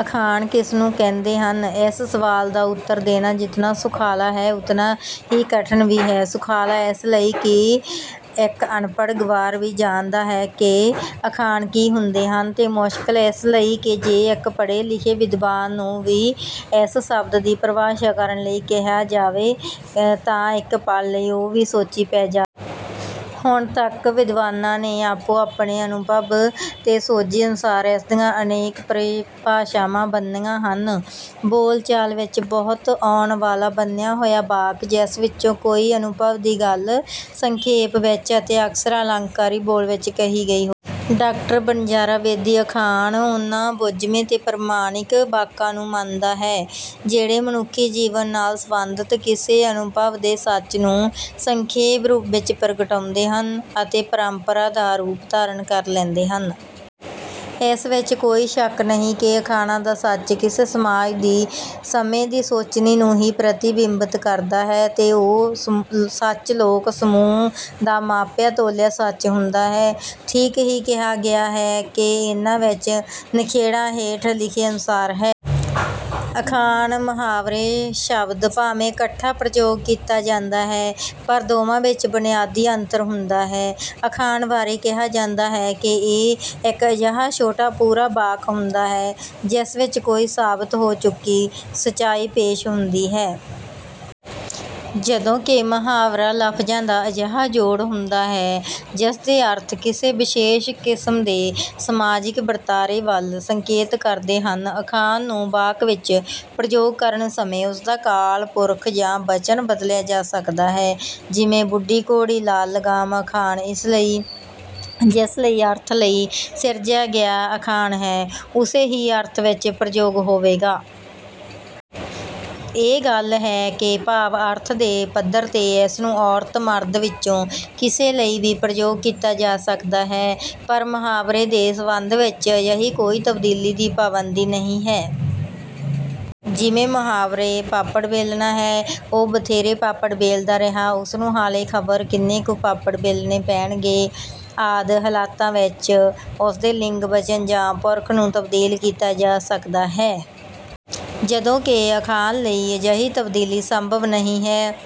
ਅਖਾਣ ਕਿਸ ਨੂੰ ਕਹਿੰਦੇ ਹਨ ਇਸ ਸਵਾਲ ਦਾ ਉੱਤਰ ਦੇਣਾ ਜਿਤਨਾ ਸੁਖਾਲਾ ਹੈ ਉਤਨਾ ਹੀ ਕਠਿਨ ਵੀ ਹੈ। ਸੁਖਾਲਾ ਇਸ ਲਈ ਕਿ ਇੱਕ ਅਨਪੜ੍ਹ ਗਵਾਰ ਵੀ ਜਾਣਦਾ ਹੈ ਕਿ ਅਖਾਣ ਕੀ ਹੁੰਦੇ ਹਨ ਤੇ ਮੁਸ਼ਕਲ ਇਸ ਲਈ ਕਿ ਜੇ ਇੱਕ ਪੜ੍ਹੇ ਲਿਖੇ ਵਿਦਵਾਨ ਨੂੰ ਵੀ ਇਸ ਸ਼ਬਦ ਦੀ ਪਰਿਭਾਸ਼ਾ ਕਰਨ ਲਈ ਕਹਿਆ ਜਾਵੇ ਤਾਂ ਇੱਕ ਪਲ ਲਈ ਉਹ ਵੀ ਸੋਚੀ ਪੈ ਜਾਵੇਗਾ। ਹੁਣ ਤੱਕ ਵਿਦਵਾਨਾਂ ਨੇ ਆਪੋ ਆਪਣੇ ਅਨੁਭਵ ਤੇ ਸੋਝੀ ਅਨੁਸਾਰ ਇਸ ਦੀਆਂ ਅਨੇਕ ਪਰਿਭਾਸ਼ਾਵਾਂ ਬੰਨ੍ਹੀਆਂ ਹਨ। ਬੋਲਚਾਲ ਵਿੱਚ ਬਹੁਤ ਆਉਣ ਵਾਲਾ ਬੰਨ੍ਹਿਆ ਹੋਇਆ ਵਾਕ ਜਿਸ ਵਿੱਚੋ ਕੋਈ ਅਨੁਭਵ ਦੀ ਗੱਲ ਸੰਖੇਪ ਵਿੱਚ ਅਤੇ ਅਕਸਰ ਅਲੰਕਾਰੀ ਬੋਲ ਵਿੱਚ ਕਹੀ ਗਈ ਹੋ ਡਾਕਟਰ ਵਣਜਾਰਾ ਬੇਦੀ ਅਖਾਣ ਉਹਨਾਂ ਬੁੱਝਵੇਂ ਤੇ ਪ੍ਰਮਾਣਿਕ ਵਾਕਾਂ ਨੂੰ ਮੰਨਦਾ ਹੈ ਜਿਹੜੇ ਮਨੁੱਖੀ ਜੀਵਨ ਨਾਲ ਸਬੰਧਤ ਕਿਸੇ ਅਨੁਭਵ ਦੇ ਸੱਚ ਨੂੰ ਸੰਖੇਪ ਰੂਪ ਵਿੱਚ ਪ੍ਰਗਟਾਉਂਦੇ ਹਨ ਅਤੇ ਪਰੰਪਰਾ ਦਾ ਰੂਪ ਧਾਰਨ ਕਰ ਲੈਂਦੇ ਹਨ। ਇਸ ਵਿੱਚ ਕੋਈ ਸ਼ੱਕ ਨਹੀਂ ਕਿ ਅਖਾਣਾਂ ਦਾ ਸੱਚ ਕਿਸੇ ਸਮਾਜ ਦੀ ਸਮੇਂ ਦੀ ਸੋਚਣੀ ਨੂੰ ਹੀ ਪ੍ਰਤੀਬਿੰਬਤ ਕਰਦਾ ਹੈ ਤੇ ਉਹ ਸੱਚ ਲੋਕ ਸਮੂਹ ਦਾ ਮਾਪਿਆਂ ਤੋਲਿਆ ਸੱਚ ਹੁੰਦਾ ਹੈ। ਠੀਕ ਹੀ ਕਿਹਾ ਗਿਆ ਹੈ ਕਿ ਇਹਨਾਂ ਵਿੱਚ ਨਿਖੇੜਾ ਹੇਠ ਲਿਖੇ ਅਨੁਸਾਰ ਹੈ। ਅਖਾਣ ਮੁਹਾਵਰੇ ਸ਼ਬਦ ਭਾਵੇਂ ਇਕੱਠਾ ਪ੍ਰਯੋਗ ਕੀਤਾ ਜਾਂਦਾ ਹੈ ਪਰ ਦੋਵਾਂ ਵਿੱਚ ਬੁਨਿਆਦੀ ਅੰਤਰ ਹੁੰਦਾ ਹੈ। ਅਖਾਣ ਬਾਰੇ ਕਿਹਾ ਜਾਂਦਾ ਹੈ ਕਿ ਇਹ ਇੱਕ ਅਜਿਹਾ ਛੋਟਾ ਪੂਰਾ ਵਾਕ ਹੁੰਦਾ ਹੈ ਜਿਸ ਵਿੱਚ ਕੋਈ ਸਾਬਤ ਹੋ ਚੁੱਕੀ ਸੱਚਾਈ ਪੇਸ਼ ਹੁੰਦੀ ਹੈ। ਜਦੋਂ ਕਿ ਮੁਹਾਵਰਾ ਲਫਜ਼ਾਂ ਦਾ ਅਜਿਹਾ ਜੋੜ ਹੁੰਦਾ ਹੈ ਜਿਸ ਦੇ ਅਰਥ ਕਿਸੇ ਵਿਸ਼ੇਸ਼ ਕਿਸਮ ਦੇ ਸਮਾਜਿਕ ਵਰਤਾਰੇ ਵੱਲ ਸੰਕੇਤ ਕਰਦੇ ਹਨ। ਅਖਾਣ ਨੂੰ ਵਾਕ ਵਿੱਚ ਪ੍ਰਯੋਗ ਕਰਨ ਸਮੇਂ ਉਸ ਦਾ ਕਾਲ ਪੁਰਖ ਜਾਂ ਵਚਨ ਬਦਲਿਆ ਜਾ ਸਕਦਾ ਜਿਵੇਂ ਬੁੱਢੀ ਘੋੜੀ ਲਾਲ ਲਗਾਮ ਅਖਾਣ ਇਸ ਲਈ ਅਰਥ ਲਈ ਸਿਰਜਿਆ ਗਿਆ ਅਖਾਣ ਹੈ ਉਸੇ ਹੀ ਅਰਥ ਵਿੱਚ ਪ੍ਰਯੋਗ ਹੋਵੇਗਾ। ਇਹ ਗੱਲ ਹੈ ਕਿ ਭਾਵ ਅਰਥ ਦੇ ਪੱਧਰ ਤੇ ਇਸ ਨੂੰ ਔਰਤ ਮਰਦ ਵਿੱਚੋਂ ਕਿਸੇ ਲਈ ਵੀ ਪ੍ਰਯੋਗ ਕੀਤਾ ਜਾ ਸਕਦਾ ਹੈ ਪਰ ਮੁਹਾਵਰੇ ਦੇ ਸੰਬੰਧ ਵਿੱਚ ਅਜਿਹੀ ਕੋਈ ਤਬਦੀਲੀ ਦੀ ਪਾਬੰਦੀ ਨਹੀਂ ਹੈ। ਜਿਵੇਂ ਮੁਹਾਵਰੇ ਪਾਪੜ ਵੇਲਣਾ ਹੈ। ਉਹ ਬਥੇਰੇ ਪਾਪੜ ਵੇਲਦਾ ਰਿਹਾ ਉਸ ਨੂੰ ਹਾਲੇ ਖਬਰ ਕਿੰਨੇ ਕੁ ਪਾਪੜ ਵੇਲਣੇ ਪੈਣਗੇ ਆਦਿ ਹਾਲਤਾਂ ਵਿੱਚ ਉਸ ਦੇ ਲਿੰਗ ਵਚਨ ਜਾਂ ਪੁਰਖ ਨੂੰ ਤਬਦੀਲ ਕੀਤਾ ਜਾ ਸਕਦਾ ਹੈ। ਜਦੋਂ ਕਿ ਅਖਾਣ ਲਈ ਅਜਿਹੀ ਤਬਦੀਲੀ ਸੰਭਵ ਨਹੀਂ ਹੈ।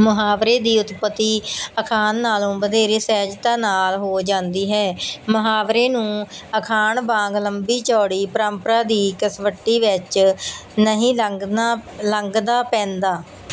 ਮੁਹਾਵਰੇ ਦੀ ਉਤਪੱਤੀ ਅਖਾਣ ਨਾਲੋਂ ਵਧੇਰੇ ਸਹਿਜਤਾ ਨਾਲ ਹੋ ਜਾਂਦੀ ਹੈ। ਮੁਹਾਵਰੇ ਨੂੰ ਅਖਾਣ ਵਾਂਗ ਲੰਬੀ ਚੌੜੀ ਪਰੰਪਰਾ ਦੀ ਕਸਵੱਟੀ ਵਿੱਚ ਨਹੀਂ ਲੰਘਣਾ ਪੈਂਦਾ।